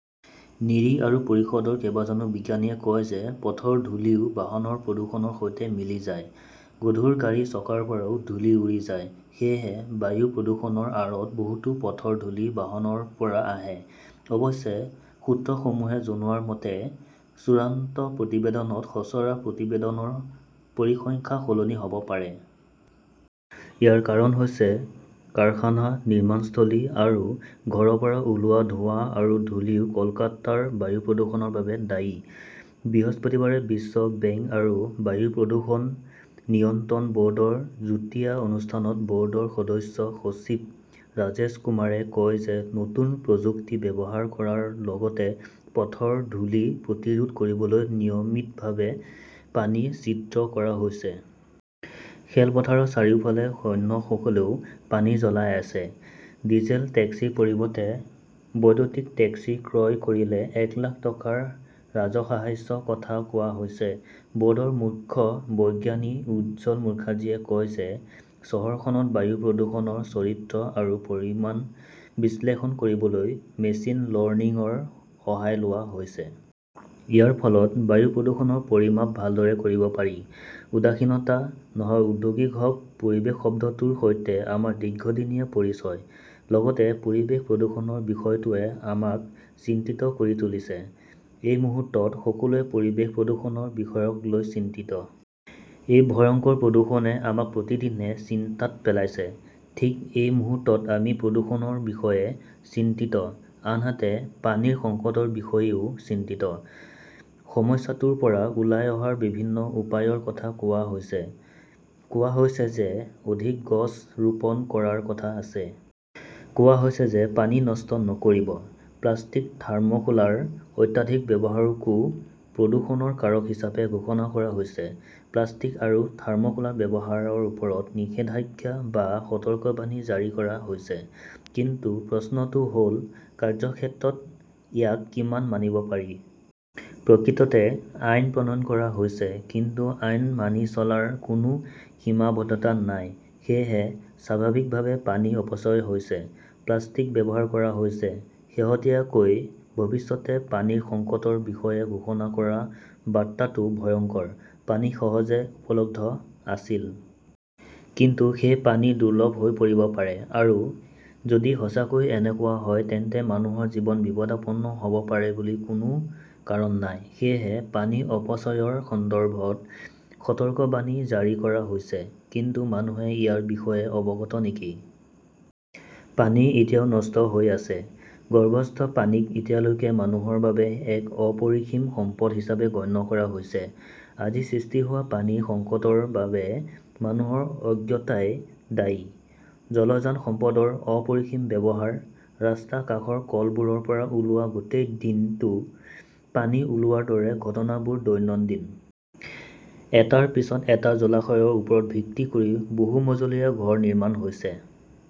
নিৰী আৰু পৰিষদৰ কেইবাজনো বিজ্ঞানীয়ে কয় যে, পথৰ ধূলিও বাহনৰ প্ৰদূষণৰ সৈতে মিলি যায়। গধুৰ গাড়ীৰ চকাৰ পৰাও ধূলি উৰি যায়। সেয়েহে বায়ু প্ৰদূষণৰ আঁৰত বহুতো পথৰ ধূলি বাহনৰ পৰা আহে। অৱশ্যে, সূত্ৰসমূহে জনোৱা মতে, চূড়ান্ত প্ৰতিবেদনত খচৰা প্ৰতিবেদনৰ পৰিসংখ্যা সলনি হ'ব পাৰে। ইয়াৰ কাৰণ হৈছে কাৰখানা, নিৰ্মাণস্থলী আৰু ঘৰৰ পৰা ওলোৱা ধোঁৱা আৰু ধূলিও কলকাতাৰ বায়ু প্ৰদূষণৰ বাবে দায়ী। বৃহস্পতিবাৰে বিশ্ব বেংক আৰু বায়ু প্ৰদূষণ নিয়ন্ত্ৰণ ব'ৰ্ডৰ যুটীয়া অনুষ্ঠানত ব'ৰ্ডৰ সদস্য-সচিব ৰাজেশ কুমাৰে কয় যে নতুন প্ৰযুক্তি ব্যৱহাৰ কৰাৰ লগতে পথৰ ধূলি প্ৰতিৰোধ কৰিবলৈ নিয়মিতভাৱে পানী ছিদ্ৰ কৰা হৈছে। খেলপথাৰৰ চাৰিওফালে সৈন্যসকলেও পানী জ্বলাই আছে। ডিজেল টেক্সিৰ পৰিৱৰ্তে বৈদ্যুতিক টেক্সি ক্ৰয় কৰিলে এক লাখ টকাৰ ৰাজসাহায্যৰ কথা কোৱা হৈছে। ব'ৰ্ডৰ মুখ্য বিজ্ঞানী উজ্জ্বল মুখাৰ্জীয়ে কয় যে, চহৰখনত বায়ু প্ৰদূষণৰ চৰিত্ৰ আৰু পৰিমাণ বিশ্লেষণ কৰিবলৈ 'মেচিন লৰ্ণিঙৰ সহায় লোৱা হৈছে। ইয়াৰ ফলত বায়ু প্ৰদূষণৰ পৰিমাপ ভালদৰে কৰিব পাৰি। উদাসীনতা নহয়-উদ্যোগী হওক পৰিৱেশ শব্দটোৰ সৈতে আমাৰ দীৰ্ঘদিনীয়া পৰিচয়। লগতে পৰিৱেশ প্ৰদূষণৰ বিষয়টোৱে আমাক চিন্তিত কৰি তুলিছে। এই মুহূৰ্তত সকলোৱে পৰিৱেশ প্ৰদূষণৰ বিষয়ক লৈ চিন্তিত। এই ভয়ংকৰ প্ৰদূষণে আমাক প্ৰতিদিনে চিন্তাত পেলাইছে। ঠিক এই মুহূৰ্তত আমি প্ৰদূষণৰ বিষয়ে চিন্তিত, আনহাতে পানীৰ সংকটৰ বিষয়েও চিন্তিত। সমস্যাটোৰ পৰা ওলাই অহাৰ বিভিন্ন উপায়ৰ কথা কোৱা হৈছে। কোৱা হৈছে যে ,অধিক গছ ৰোপণ কৰাৰ কথা আছে। কোৱা হৈছে যে পানী নষ্ট নকৰিব। প্লাষ্টিক, থাৰ্মোকোলৰ অত্যাধিক ব্যৱহাৰকো প্ৰদূষণৰ কাৰক হিচাপে ঘোষণা কৰা হৈছে। প্লাষ্টিক আৰু থাৰ্মোকোল ব্যৱহাৰৰ ওপৰত নিষেধাজ্ঞা বা সতৰ্কবাণী জাৰি কৰা হৈছে। কিন্তু প্ৰশ্নটো হ'ল, কাৰ্যক্ষেত্ৰত ইয়াক কিমান মানিব পাৰি? প্ৰকৃততে আইন প্ৰণয়ন কৰা হৈছে কিন্তু আইন মানি চলাৰ কোনো সীমাবদ্ধতা নাই। সেয়েহে স্বাভাৱিকভাৱেই পানীৰ অপচয় হৈছে। প্লাষ্টিক ব্যৱহাৰ কৰা হৈছে। শেহতীয়াকৈ ভৱিষ্যতে পানীৰ সংকটৰ বিষয়ে ঘোষণা কৰা বাৰ্তাটো ভয়ংকৰ। পানী সহজে উপলব্ধ আছিল। কিন্তু সেই পানী দুৰ্লভ হৈ পৰিব পাৰে। আৰু যদি সঁচাকৈয়ে এনেকুৱা হয় তেন্তে মানুহৰ জীৱন বিপদাপন্ন হ'ব বুলি কোৱাৰ কোনো কাৰণ নাই। সেয়েহে পানীৰ অপচয়ৰ সন্দৰ্ভত সতৰ্কবাণী জাৰি কৰা হৈছে। কিন্তু মানুহে ইয়াৰ বিষয়ে অৱগত নেকি? পানী এতিয়াও নষ্ট হৈ আছে। ভূগৰ্ভস্থ পানীক এতিয়ালৈকে মানুহৰ বাবে এক অপৰিসীম সম্পদ হিচাপে গণ্য কৰা হৈছে। আজি সৃষ্টি হোৱা পানীৰ সংকটৰ বাবে মানুহৰ অজ্ঞতাই দায়ী। জলযান পাম্পৰ অপৰিসীম ব্যৱহাৰ, ৰাস্তাৰ কাষৰ কলবোৰৰ পৰা গোটেই দিনটো পানী ওলোৱাৰ দৰে ঘটনাবোৰ দৈনন্দিন। এটাৰ পিছত এটা জলাশয়ৰ ওপৰত ভিত্তি কৰি বহু-মজলীয়া ঘৰ নিৰ্মাণ হৈছে ।